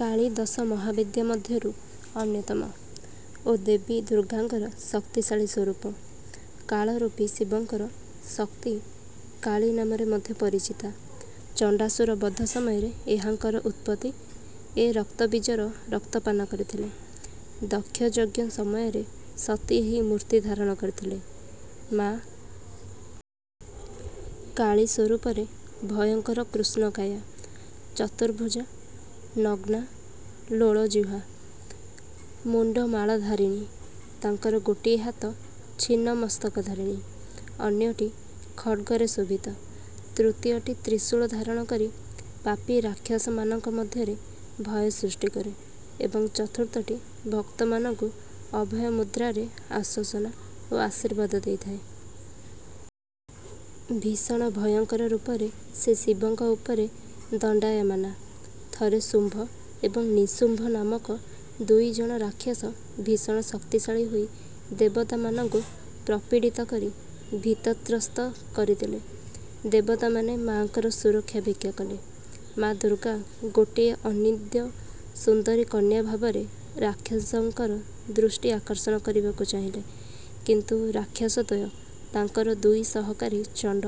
କାଳୀ ଦଶମହାବିଦ୍ୟା ମଧ୍ୟରୁ ଅନ୍ୟତମ ଓ ଦେବୀ ଦୁର୍ଗାଙ୍କର ଶକ୍ତିଶାଳୀ ସ୍ୱରୂପ। କାଳରୂପୀ ଶିବଙ୍କର ଶକ୍ତି କାଳୀ ନାମରେ ମଧ୍ୟ ପରିଚିତା। ଚଣ୍ଡାସୁର ବଧ ସମୟରେ ଏହାଙ୍କର ଉତ୍ପତ୍ତି, ଏ ରକ୍ତବୀଜର ରକ୍ତ ପାନ କରିଥିଲେ। ଦକ୍ଷଯଜ୍ଞ ସମୟରେ ସତୀ ଏହି ମୂର୍ତ୍ତି ଧାରଣ କରିଥିଲେ। ମା' କାଳୀ ସ୍ୱରୂପରେ ଭୟଙ୍କର କୃଷ୍ଣକାୟା, ଚତୁର୍ଭୁଜା, ନଗ୍ନା, ଲୋଳଜିହ୍ୱା, ମୁଣ୍ଡମାଳାଧାରିଣୀ। ତାଙ୍କର ଗୋଟିଏ ହାତ ଛିନ୍ନ-ମସ୍ତକ ଧାରିଣୀ, ଅନ୍ୟଟି ଖଡ୍ଗରେ ଶୋଭିତ, ତୃତୀୟଟି ତ୍ରିଶୂଳ ଧାରଣ କରି ପାପୀ ରାକ୍ଷସମାନଙ୍କ ମଧ୍ୟରେ ଭୟ ସୃଷ୍ଟି କରେ ଏବଂ ଚତୁର୍ଥଟି ଭକ୍ତମାନଙ୍କୁ ଅଭୟ ମୁଦ୍ରାରେ ଆଶ୍ୱାସନା ଓ ଆଶୀର୍ବାଦ ଦେଇଥାଏ। ଭୀଷଣ ଭୟଙ୍କର ରୂପରେ ସେ ଶିବଙ୍କ ଉପରେ ଦଣ୍ଡାୟମାନା। ଥରେ ଶୁମ୍ଭ ଏବଂ ନିଶୁମ୍ଭ ନାମକ ଦୁଇ ଜଣ ରାକ୍ଷସ ଭୀଷଣ ଶକ୍ତିଶାଳୀ ହୋଇ ଦେବତାମାନଙ୍କୁ ପ୍ରପୀଡ଼ିତ କରି ଭୀତତ୍ରସ୍ତ କରିଦେଲେ। ଦେବତାମାନେ ମା'ଙ୍କର ସୁରକ୍ଷା ଭିକ୍ଷା କଲେ। ମା' ଦୁର୍ଗା ଗୋଟିଏ ଅନିନ୍ଦ୍ୟ ସୁନ୍ଦରୀ କନ୍ୟା ଭାବରେ ରାକ୍ଷସଙ୍କର ଦୃଷ୍ଟି ଆକର୍ଷଣ କରିବାକୁ ଚାହିଁଲେ, କିନ୍ତୁ ରାକ୍ଷସ ଦ୍ୱୟ ତାଙ୍କର ଦୁଇ ସହକାରୀ ଚଣ୍ଡ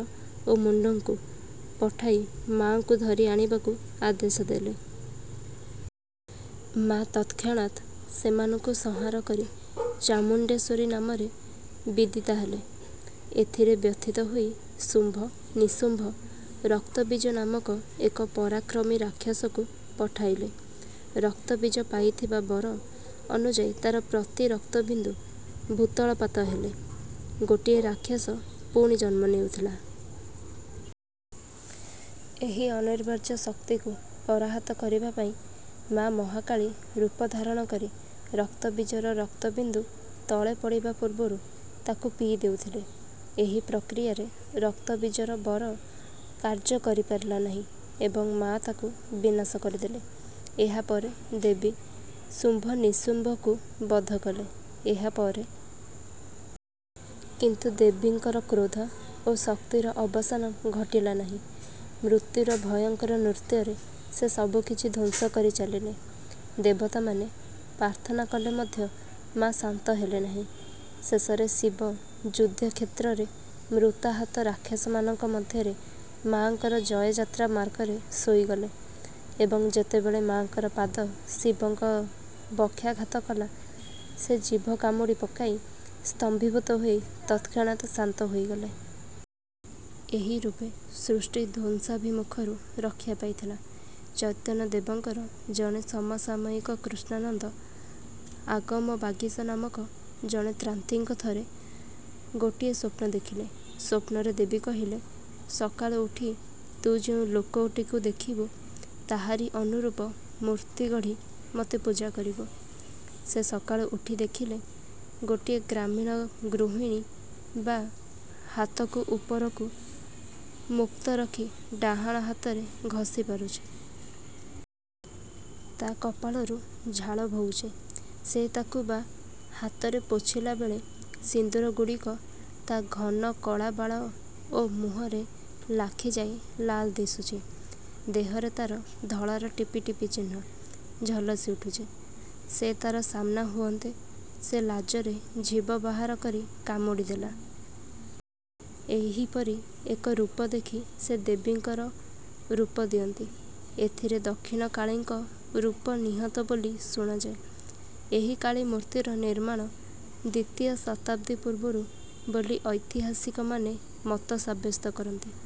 ଓ ମୁଣ୍ଡଙ୍କୁ ପଠାଇ ମା'ଙ୍କୁ ଧରି ଆଣିବାକୁ ଆଦେଶ ଦେଲେ। ମା' ତତ୍କ୍ଷଣାତ୍ ସେମାନଙ୍କୁ ସଂହାର କରି ଚାମୁଣ୍ଡେଶ୍ୱରୀ ନାମରେ ବିଦିତା ହେଲେ। ଏଥିରେ ବ୍ୟଥିତ ହୋଇ ଶୁମ୍ଭ, ନିଶୁମ୍ଭ ରକ୍ତବୀଜ ନାମକ ଏକ ପରାକ୍ରମୀ ରାକ୍ଷସକୁ ପଠାଇଲେ। ରକ୍ତବୀଜ ପାଇଥିବା ବର ଅନୁଯାୟୀ ତା’ର ପ୍ରତି ରକ୍ତବିନ୍ଦୁ ଭୂତଳପାତ ହେଲେ ଗୋଟିଏ ରାକ୍ଷସ ପୁଣି ଜନ୍ମ ନେଉଥିଲା। ଏହି ଅନିବାର୍ଯ୍ୟ ଶକ୍ତିକୁ ପରାହତ କରିବା ପାଇଁ ମା' ମହାକାଳୀ ରୂପ ଧାରଣ କରି ରକ୍ତବୀଜର ରକ୍ତବିନ୍ଦୁ ତଳେ ପଡ଼ିବା ପୂର୍ବରୁ ତାକୁ ପିଇ ଦେଉଥିଲେ। ଏହି ପ୍ରକ୍ରିୟାରେ ରକ୍ତବୀଜର ବର କାର୍ଯ୍ୟ କରିପାରିଲା ନାହିଁ ଏବଂ ମା’ ତାକୁ ବିନାଶ କରିଦେଲେ। ଏହାପରେ ଦେବୀ ଶୁମ୍ଭ ନିଶୁମ୍ଭଙ୍କୁ ବଧ କଲେ। ଏହାପରେ କିନ୍ତୁ ଦେବୀଙ୍କର କ୍ରୋଧ ଓ ଶକ୍ତିର ଅବସାନ ଘଟିଲା ନାହିଁ। ମୃତ୍ୟୁର ଭୟଙ୍କର ନୃତ୍ୟରେ ସେ ସବୁକିଛି ଧ୍ୱଂସ କରି ଚାଲିଲେ। ଦେବତାମାନେ ପ୍ରାର୍ଥନା କଲେ ମଧ୍ୟ ମା’ ଶାନ୍ତ ହେଲେ ନାହିଁ। ଶେଷରେ ଶିବ ଯୁଦ୍ଧକ୍ଷେତ୍ରରେ ମୃତାହତ ରାକ୍ଷସମାନଙ୍କ ମଧ୍ୟରେ ମା'ଙ୍କର ଜୟଯାତ୍ରା ମାର୍ଗରେ ଶୋଇଗଲେ ଏବଂ ଯେତେବେଳେ ମା'ଙ୍କର ପାଦ ଶିବଙ୍କ ବକ୍ଷାଘାତ କଲା, ସେ ଜିଭ କାମୁଡ଼ି ପକାଇ, ସ୍ତମ୍ଭୀଭୂତ ହୋଇ ତତ୍କ୍ଷଣାତ୍ ଶାନ୍ତ ହୋଇଗଲେ। ଏହିରୂପେ ସୃଷ୍ଟି ଧ୍ୱଂସାଭିମୁଖରୁ ରକ୍ଷା ପାଇଥିଲା। ଚୈତନ୍ୟଦେବଙ୍କର ଜଣେ ସମସାମୟିକ କ୍ରିଷ୍ଣାନନ୍ଦ ଆଗମବାଗୀଶ ନାମକ ଜଣେ ତାନ୍ତ୍ରିକ ଥରେ ଗୋଟିଏ ସ୍ୱପ୍ନ ଦେଖିଲେ। ସ୍ୱପ୍ନରେ ଦେବୀ କହିଲେ ସକାଳୁ ଉଠି ତୁ ଯେଉଁ ଲୋକଟିକୁ ଦେଖିବୁ, ତାହାରି ଅନୁରୂପ ମୂର୍ତ୍ତି ଗଢ଼ି ମୋତେ ପୂଜା କରିବୁ। ସେ ସକାଳୁ ଉଠି ଦେଖିଲେ ଗୋଟିଏ ଗ୍ରାମୀଣ ଗୃହିଣୀ ବାଁ ହାତକୁ ଉପରକୁ ମୁକ୍ତ ରଖି ଡାହାଣ ହାତରେ ଘଷି ପାରୁଛି। ତା' କପାଳରୁ ଝାଳ ବୋହୁଛି। ସେ ତାକୁ ବାଁ ହାତରେ ପୋଛିଲା ବେଳେ ସିନ୍ଦୂରଗୁଡ଼ିକ ତା' ଘନ କଳା ବାଳ ଓ ମୁହଁରେ ଲାଖିଯାଇ ଲାଲ୍ ଦିଶୁଛି। ଦେହରେ ତା'ର ଧଳାର ଟିପିଟିପି ଚିହ୍ନ ଝଳସି ଉଠୁଛି। ସେ ତା'ର ସାମ୍ନା ହୁଅନ୍ତେ ସେ ଲାଜରେ ଜିଭ ବାହାର କରି କାମୁଡ଼ିଦେଲା। ଏହିପରି ଏକ ରୂପ ଦେଖି ସେ ଦେବୀଙ୍କର ରୂପ ଦିଅନ୍ତି। ଏଥିରେ ଦକ୍ଷିଣକାଳୀଙ୍କ ରୂପ ନିହିତ ବୋଲି ଶୁଣାଯାଏ। ଏହି କାଳୀ ମୂର୍ତ୍ତିର ନିର୍ମାଣ ଦ୍ୱିତୀୟ ଶତାବ୍ଦୀ ପୂର୍ବରୁ ବୋଲି ଐତିହାସିକମାନେ ମତ ସାବ୍ୟସ୍ତ କରନ୍ତି।